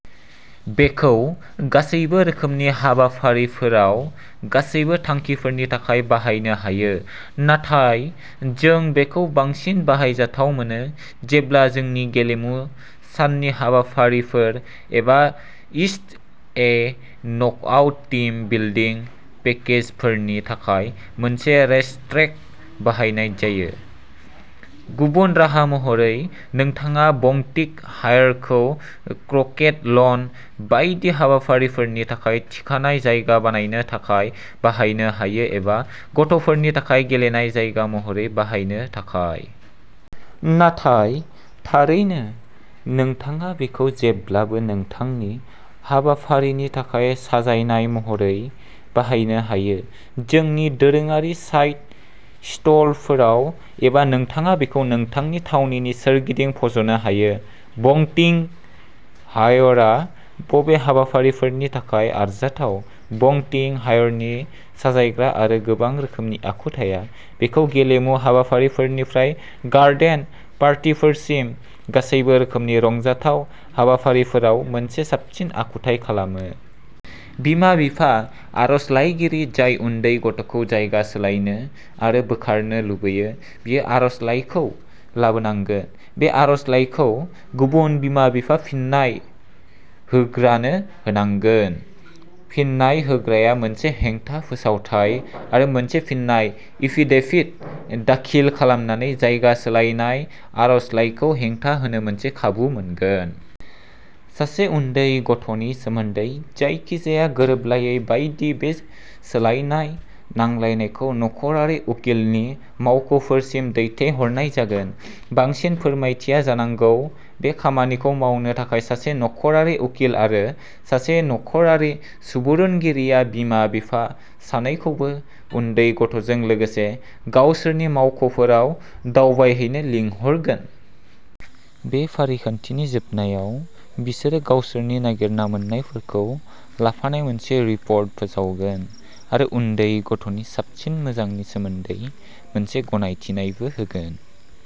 बेखौ गासैबो रोखोमनि हाबाफारिफोराव, गासैबो थांखिफोरनि थाखाय बाहायनो हायो, नाथाय जों बेखौ बांसिन बाहायजाथाव मोनो जेब्ला जोंनि गेलेमु साननि हाबाफारिफोर एबा it's a knockout team building पेकेजफोरनि थाखाय मोनसे रेसट्रेक बाहायनाय जायो। गुबुन राहा महरै नोंथाङा बंटिंग हायरखौ क्रकेट लन बायदि हाबाफारिफोरनि थाखाय थिखानाय जायगा बानायनो थाखाय बाहायनो हायो एबा गथ'फोरनि थाखाय गेलेनाय जायगा महरै बाहायनो थाखाय। नाथाय थारैनो, नोंथाङा बेखौ जेब्लाबो नोंथांनि हाबाफारिनि थाखाय साजायनाय महरै बाहायनो हायो, जोंनि दोरोङारि साइड स्ट'लफोराव एबा नोंथाङा बेखौ नोंथांनि थावनिनि सोरगिदिं फज'नो हायो। बंटिंग हायरआ बबे हाबाफारिफोरनि थाखाय आरजाथाव? बंटिंग हायरनि साजायग्रा आरो गोबां रोखोमनि आखुथाया बेखौ गेलेमु हाबाफारिफोरनिफ्राय गार्डेन पार्टीफोरसिम गासैबो रोखोमनि रंजाथाव हाबाफारिफोराव मोनसे साबसिन आखुथाय खालामो! बिमा-बिफा, आर'जलाइगिरि, जाय उन्दै गथ'खौ जायगा सोलायनो आरो बोखारनो लुबैयो, बियो आर'जलाइखौ लाबोनांगोन। बे आर'जलाइखौ गुबुन बिमा-बिफा, फिन्नाय होग्रानो होनांगौ। फिन्नाय होग्राया मोनसे हेंथा फोसावथाइ आरो मोनसे फिननाय एफिडेभिट दाखिल खालामनानै जायगा सोलायनाय आर'जलाइखौ हेंथा होनो मोनसे खाबु मोनगोन। सासे उन्दै गथ'नि सोमोन्दै जायखिजाया गोरोबलायै बायदि, बे जायगा सोलायनाय नांलायनायखौ नख'रारि उकिलनि मावख'फोरसिम दैथायहरनाय जागोन। बांसिन फोरमायथिया जानांगौ बे खामानिखौ मावनो थाखाय सासे नख'रारि उकिल आरो सासे नख'रारि सुबुरुनगिरिआ बिमा-बिफा सानैखौबो, उन्दै गथ'जों लोगोसे, गावसोरनि मावख'फोराव दावबायहैनो लिंहरगोन। बे फारिखान्थिनि जोबनायाव, बिसोरो गावसोरनि नागिरना मोन्नायफोरखौ लाफानाय मोनसे रिपर्ट फोसावगोन आरो उन्दै गथ'नि साबसिन मोजांनि सोमोन्दै मोनसे गनायथिनायबो होगोन।